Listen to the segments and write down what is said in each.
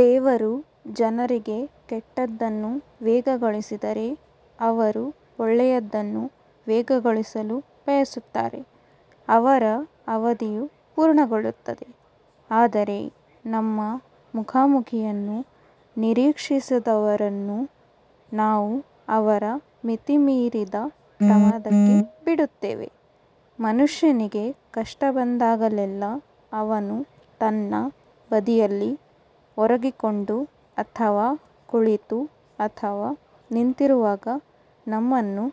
ದೇವರು ಜನರಿಗೆ ಕೆಟ್ಟದ್ದನ್ನು ವೇಗಗೊಳಿಸಿದರೆ ಅವರು ಒಳ್ಳೆಯದನ್ನು ವೇಗಗೊಳಿಸಲು ಬಯಸುತ್ತಾರೆ ಅವರ ಅವಧಿಯು ಪೂರ್ಣಗೊಳ್ಳುತ್ತದೆ ಆದರೆ ನಮ್ಮ ಮುಖಾಮುಖಿಯನ್ನು ನಿರೀಕ್ಷಿಸದವರನ್ನು ನಾವು ಅವರ ಮಿತಿಮೀರಿದ ಪ್ರಮಾದಕ್ಕೆ ಬಿಡುತ್ತೇವೆ. ಮನುಷ್ಯನಿಗೆ ಕಷ್ಟ ಬಂದಾಗಲೆಲ್ಲಾ ಅವನು ತನ್ನ ಬದಿಯಲ್ಲಿ ಒರಗಿಕೊಂಡು ಅಥವಾ ಕುಳಿತು ಅಥವಾ ನಿಂತಿರುವಾಗ ನಮ್ಮನ್ನು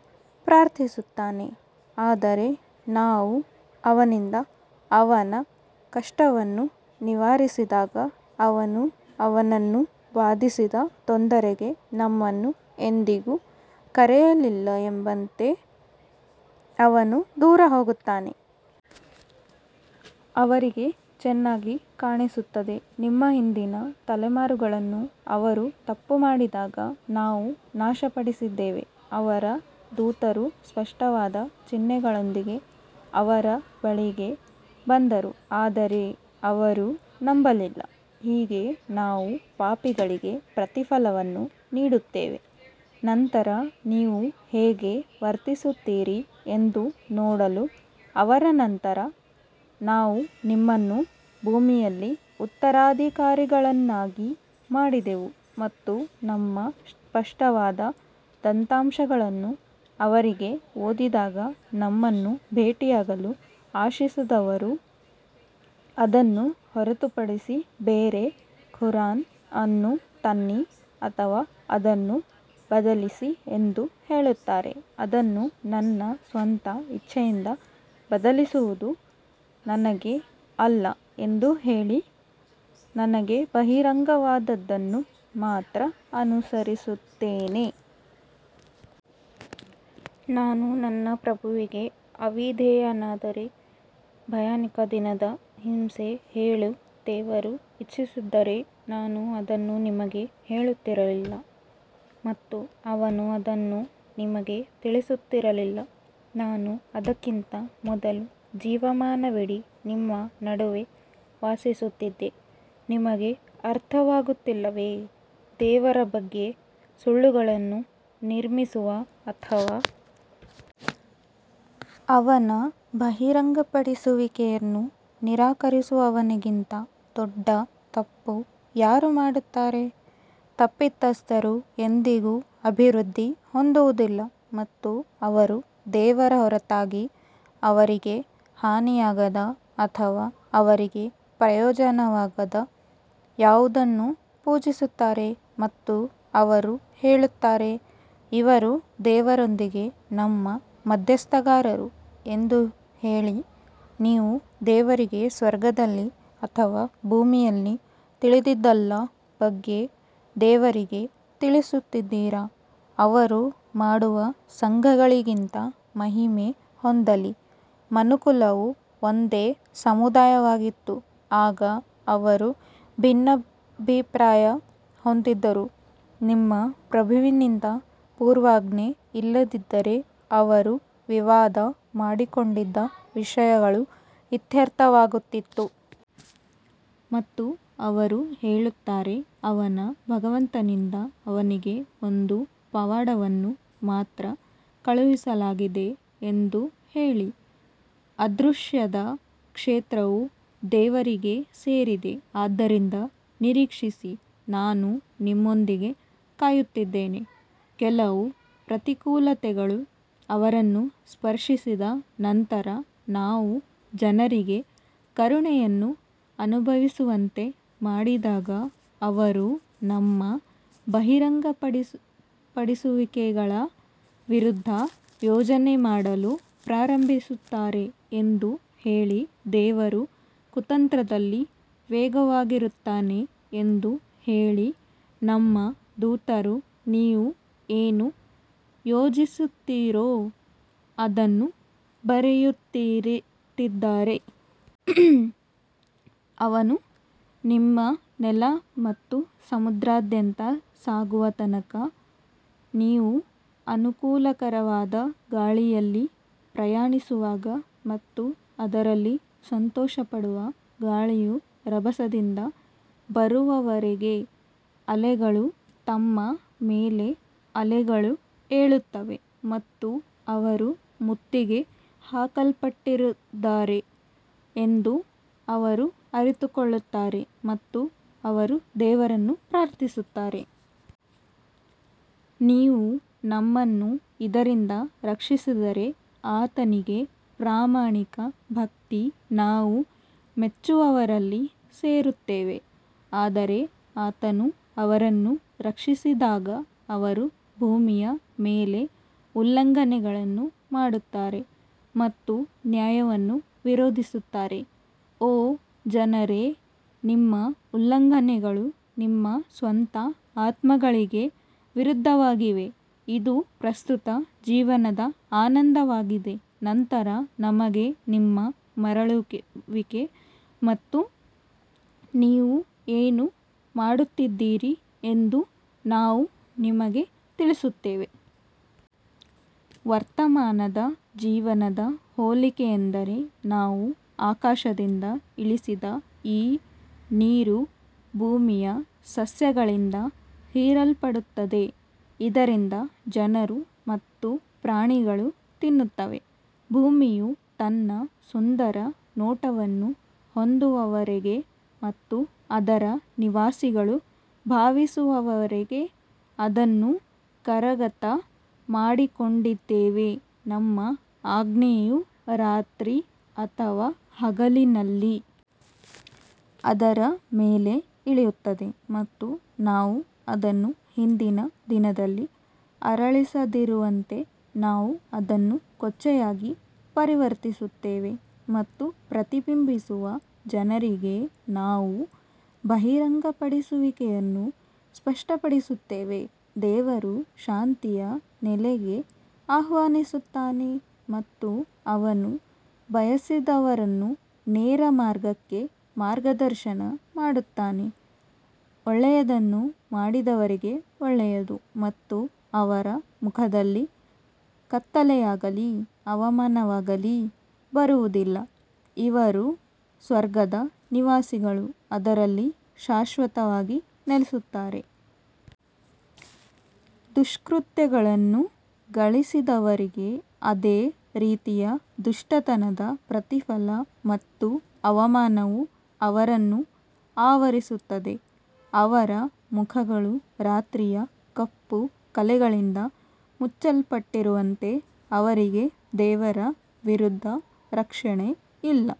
ಪ್ರಾರ್ಥಿಸುತ್ತಾನೆ ಆದರೆ ನಾವು ಅವನಿಂದ ಅವನ ಕಷ್ಟವನ್ನು ನಿವಾರಿಸಿದಾಗ ಅವನು ಅವನನ್ನು ಬಾಧಿಸಿದ ತೊಂದರೆಗೆ ನಮ್ಮನ್ನು ಎಂದಿಗೂ ಕರೆಯಲಿಲ್ಲ ಎಂಬಂತೆ ಅವನು ದೂರ ಹೋಗುತ್ತಾನೆ. ಅವರಿಗೆ ಚೆನ್ನಾಗಿ ಕಾಣಿಸುತ್ತದೆ ನಿಮ್ಮ ಹಿಂದಿನ ತಲೆಮಾರುಗಳನ್ನು ಅವರು ತಪ್ಪು ಮಾಡಿದಾಗ ನಾವು ನಾಶಪಡಿಸಿದ್ದೇವೆ ಅವರ ದೂತರು ಸ್ಪಷ್ಟವಾದ ಚಿಹ್ನೆಗಳೊಂದಿಗೆ ಅವರ ಬಳಿಗೆ ಬಂದರು ಆದರೆ ಅವರು ನಂಬಲಿಲ್ಲ ಹೀಗೆ ನಾವು ಪಾಪಿಗಳಿಗೆ ಪ್ರತಿಫಲವನ್ನು ನೀಡುತ್ತೇವೆ. ನಂತರ ನೀವು ಹೇಗೆ ವರ್ತಿಸುತ್ತೀರಿ ಎಂದು ನೋಡಲು ಅವರ ನಂತರ ನಾವು ನಿಮ್ಮನ್ನು ಭೂಮಿಯಲ್ಲಿ ಉತ್ತರಾಧಿಕಾರಿಗಳನ್ನಾಗಿ ಮಾಡಿದೆವು ಮತ್ತು ನಮ್ಮ ಸ್ಪಷ್ಟವಾದ ದತ್ತಾಂಶಗಳನ್ನು ಅವರಿಗೆ ಓದಿದಾಗ, ನಮ್ಮನ್ನು ಭೇಟಿಯಾಗಲು ಆಶಿಸದವರು ಇದನ್ನು ಹೊರತುಪಡಿಸಿ ಬೇರೆ ಕುರಾನ್ ಅನ್ನು ತನ್ನಿ ಅಥವಾ ಅದನ್ನು ಬದಲಿಸಿ ಎಂದು ಹೇಳುತ್ತಾರೆ, ಅದನ್ನು ನನ್ನ ಸ್ವಂತ ಇಚ್ಛೆಯಿಂದ ಬದಲಾಯಿಸುವುದು ನನಗೆ ಅಲ್ಲ ಎಂದು ಹೇಳಿ ನನಗೆ ಬಹಿರಂಗವಾದದ್ದನ್ನು ಮಾತ್ರ ಅನುಸರಿಸುತ್ತೇನೆ. ನಾನು ನನ್ನ ಪ್ರಭುವಿಗೆ ಅವಿಧೇಯನಾದರೆ ಭಯಾನಕ ದಿನದ ಹಿಂಸೆ ಹೇಳು ದೇವರು ಇಚ್ಛಿಸಿದ್ದರೆ ನಾನು ಅದನ್ನು ನಿಮಗೆ ಹೇಳುತ್ತಿರಲಿಲ್ಲ ಮತ್ತು ಅವನು ಅದನ್ನು ನಿಮಗೆ ತಿಳಿಸುತ್ತಿರಲಿಲ್ಲ ನಾನು ಅದಕ್ಕಿಂತ ಮೊದಲು ಜೀವಮಾನವಿಡೀ ನಿಮ್ಮ ನಡುವೆ ವಾಸಿಸುತ್ತಿದ್ದೆ ನಿಮಗೆ ಅರ್ಥವಾಗುತ್ತಿಲ್ಲವೇ? ದೇವರ ಬಗ್ಗೆ ಸುಳ್ಳುಗಳನ್ನು ನಿರ್ಮಿಸುವ ಅಥವಾ ಅವನ ಬಹಿರಂಗಪಡಿಸುವಿಕೆಯನ್ನು ನಿರಾಕರಿಸುವವನಿಗಿಂತ ದೊಡ್ಡ ತಪ್ಪು ಯಾರು ಮಾಡುತ್ತಾರೆ, ತಪ್ಪಿತಸ್ಥರು ಎಂದಿಗೂ ಅಭಿವೃದ್ಧಿ ಹೊಂದುವುದಿಲ್ಲ ಮತ್ತು ಅವರು ದೇವರ ಹೊರತಾಗಿ ಅವರಿಗೆ ಹಾನಿಯಾಗದ ಅಥವಾ ಅವರಿಗೆ ಪ್ರಯೋಜನವಾಗದ ಯಾವುದನ್ನೂ ಪೂಜಿಸುತ್ತಾರೆ ಮತ್ತು ಅವರು ಹೇಳುತ್ತಾರೆ ಇವರು ದೇವರೊಂದಿಗೆ ನಮ್ಮ ಮಧ್ಯಸ್ಥಗಾರರು ಎಂದು ಹೇಳಿ, ನೀವು ದೇವರಿಗೆ ಸ್ವರ್ಗದಲ್ಲಿ ಅಥವಾ ಭೂಮಿಯಲ್ಲಿ ತಿಳಿದಿಲ್ಲದ ಬಗ್ಗೆ ದೇವರಿಗೆ ತಿಳಿಸುತ್ತಿದ್ದೀರಾ ಅವರು ಮಾಡುವ ಸಂಘಗಳಿಗಿಂತ ಮಹಿಮೆ ಹೊಂದಲಿ ಮನುಕುಲವು ಒಂದೇ ಸಮುದಾಯವಾಗಿತ್ತು ಆಗ ಅವರು ಭಿನ್ನಾಭಿಪ್ರಾಯ ಹೊಂದಿದ್ದರು, ನಿಮ್ಮ ಪ್ರಭುವಿನಿಂದ ಪೂರ್ವಾಜ್ಞೆ ಇಲ್ಲದಿದ್ದರೆ ಅವರು ವಿವಾದ ಮಾಡಿಕೊಂಡಿದ್ದ ವಿಷಯಗಳು ಇತ್ಯರ್ಥವಾಗುತ್ತಿತ್ತು. ಮತ್ತು ಅವರು ಹೇಳುತ್ತಾರೆ, ಅವನ ಭಗವಂತನಿಂದ ಅವನಿಗೆ ಒಂದು ಪವಾಡವನ್ನು ಮಾತ್ರ ಕಳುಹಿಸಲಾಗಿದೆ ಎಂದು ಹೇಳಿ, ಅದೃಶ್ಯದ ಕ್ಷೇತ್ರವು ದೇವರಿಗೆ ಸೇರಿದೆ ಆದ್ದರಿಂದ ನಿರೀಕ್ಷಿಸಿ ನಾನು ನಿಮ್ಮೊಂದಿಗೆ ಕಾಯುತ್ತಿದ್ದೇನೆ. ಕೆಲವು ಪ್ರತಿಕೂಲತೆಗಳು ಅವರನ್ನು ಸ್ಪರ್ಶಿಸಿದ ನಂತರ ನಾವು ಜನರಿಗೆ ಕರುಣೆಯನ್ನು ಅನುಭವಿಸುವಂತೆ ಮಾಡಿದಾಗ ಅವರು ನಮ್ಮ ಬಹಿರಂಗಪಡಿಸುವಿಕೆಗಳ ವಿರುದ್ಧ ಯೋಜನೆ ಮಾಡಲು ಪ್ರಾರಂಭಿಸುತ್ತಾರೆ ಎಂದು ಹೇಳಿ, ದೇವರು ಕುತಂತ್ರದಲ್ಲಿ ವೇಗವಾಗಿರುತ್ತಾನೆ ಎಂದು ಹೇಳಿ ನಮ್ಮ ದೂತರು ನೀವು ಏನು ಯೋಜಿಸುತ್ತೀರೋ ಅದನ್ನು ಬರೆಯುತ್ತಿದ್ದಾರೆ. ಅವನು ನಿಮ್ಮನ್ನು ನೆಲ ಮತ್ತು ಸಮುದ್ರದಾದ್ಯಂತ ಸಾಗಿಸುವ ತನಕ, ನೀವು ಅನುಕೂಲಕರವಾದ ಗಾಳಿಯಲ್ಲಿ ಪ್ರಯಾಣಿಸುವಾಗ ಮತ್ತು ಅದರಲ್ಲಿ ಸಂತೋಷಪಡುವ ಗಾಳಿಯು ರಭಸದಿಂದ ಬರುವವರೆಗೆ ಅಲೆಗಳು ತಮ್ಮ ಮೇಲೆ ಅಲೆಗಳು ಏಳುತ್ತವೆ ಮತ್ತು ಅವರು ಮುತ್ತಿಗೆ ಹಾಕಲ್ಪಟ್ಟಿದ್ದಾರೆ ಎಂದು ಅವರು ಅರಿತುಕೊಳ್ಳುತ್ತಾರೆ ಮತ್ತು ಅವರು ದೇವರನ್ನು ಪ್ರಾರ್ಥಿಸುತ್ತಾರೆ. ನೀವು ನಮ್ಮನ್ನು ಇದರಿಂದ ರಕ್ಷಿಸಿದರೆ ಆತನಿಗೆ ಪ್ರಾಮಾಣಿಕ ಭಕ್ತಿ ನಾವು ಮೆಚ್ಚುವವರಲ್ಲಿ ಸೇರುತ್ತೇವೆ ಆದರೆ ಆತನು ಅವರನ್ನು ರಕ್ಷಿಸಿದಾಗ ಅವರು ಭೂಮಿಯ ಮೇಲೆ ಉಲ್ಲಂಘನೆಗಳನ್ನು ಮಾಡುತ್ತಾರೆ ಮತ್ತು ನ್ಯಾಯವನ್ನು ವಿರೋಧಿಸುತ್ತಾರೆ ಓ ಜನರೇ ನಿಮ್ಮ ಉಲ್ಲಂಘನೆಗಳು ನಿಮ್ಮ ಸ್ವಂತ ಆತ್ಮಗಳಿಗೆ ವಿರುದ್ಧವಾಗಿವೆ ಇದು ಪ್ರಸ್ತುತ ಜೀವನದ ಆನಂದವಾಗಿದೆ ನಂತರ ನಮಗೆ ನಿಮ್ಮ ಮರಳುವಿಕೆ ಮತ್ತು ನೀವು ಏನು ಮಾಡುತ್ತಿದ್ದೀರಿ ಎಂದು ನಾವು ನಿಮಗೆ ತಿಳಿಸುತ್ತೇವೆ. ವರ್ತಮಾನದ ಜೀವನದ ಹೋಲಿಕೆಯೆಂದರೆ ನಾವು ಆಕಾಶದಿಂದ ಇಳಿಸಿದ ಈ ನೀರು ಭೂಮಿಯ ಸಸ್ಯಗಳಿಂದ ಹೀರಲ್ಪಡುತ್ತದೆ, ಇದರಿಂದ ಜನರು ಮತ್ತು ಪ್ರಾಣಿಗಳು ತಿನ್ನುತ್ತವೆ, ಭೂಮಿಯು ತನ್ನ ಸುಂದರ ನೋಟವನ್ನು ಹೊಂದುವವರೆಗೆ ಮತ್ತು ಅದರ ನಿವಾಸಿಗಳು ಭಾವಿಸುವವರೆಗೆ ಅದನ್ನು ಕರಗತ ಮಾಡಿಕೊಂಡಿದ್ದೇವೆ ನಮ್ಮ ಆಜ್ಞೆಯು ರಾತ್ರಿ ಅಥವಾ ಹಗಲಿನಲ್ಲಿ ಅದರ ಮೇಲೆ ಇಳಿಯುತ್ತದೆ ಮತ್ತು ನಾವು ಅದನ್ನು ಹಿಂದಿನ ದಿನದಲ್ಲಿ ಅರಳಿಸದಿರುವಂತೆ ನಾವು ಅದನ್ನು ಕೊಚ್ಚೆಯಾಗಿ ಪರಿವರ್ತಿಸುತ್ತೇವೆ ಮತ್ತು ಪ್ರತಿಬಿಂಬಿಸುವ ಜನರಿಗೆ ನಾವು ಬಹಿರಂಗಪಡಿಸುವಿಕೆಯನ್ನು ಸ್ಪಷ್ಟಪಡಿಸುತ್ತೇವೆ ದೇವರು ಶಾಂತಿಯ ನೆಲೆಗೆ ಆಹ್ವಾನಿಸುತ್ತಾನೆ ಮತ್ತು ಅವನು ಬಯಸಿದವರನ್ನು ನೇರ ಮಾರ್ಗಕ್ಕೆ ಮಾರ್ಗದರ್ಶನ ಮಾಡುತ್ತಾನೆ ಒಳ್ಳೆಯದನ್ನು ಮಾಡಿದವರಿಗೆ ಒಳ್ಳೆಯದು ಮತ್ತು ಅವರ ಮುಖದಲ್ಲಿ ಕತ್ತಲೆಯಾಗಲೀ ಅವಮಾನವಾಗಲೀ ಬರುವುದಿಲ್ಲ, ಇವರು ಸ್ವರ್ಗದ ನಿವಾಸಿಗಳು ಅದರಲ್ಲಿ ಶಾಶ್ವತವಾಗಿ ನೆಲೆಸುತ್ತಾರೆ. ದುಷ್ಕೃತ್ಯಗಳನ್ನು ಗಳಿಸಿದವರಿಗೆ ಅದೇ ರೀತಿಯ ದುಷ್ಟತನದ ಪ್ರತಿಫಲ ಮತ್ತು ಅವಮಾನವು ಅವರನ್ನು ಆವರಿಸುತ್ತದೆ, ಅವರ ಮುಖಗಳು ರಾತ್ರಿಯ ಕಪ್ಪು ಕಲೆಗಳಿಂದ ಮುಚ್ಚಲ್ಪಟ್ಟಿರುವಂತೆ ಅವರಿಗೆ ದೇವರ ವಿರುದ್ಧ ರಕ್ಷಣೆಯಿಲ್ಲ..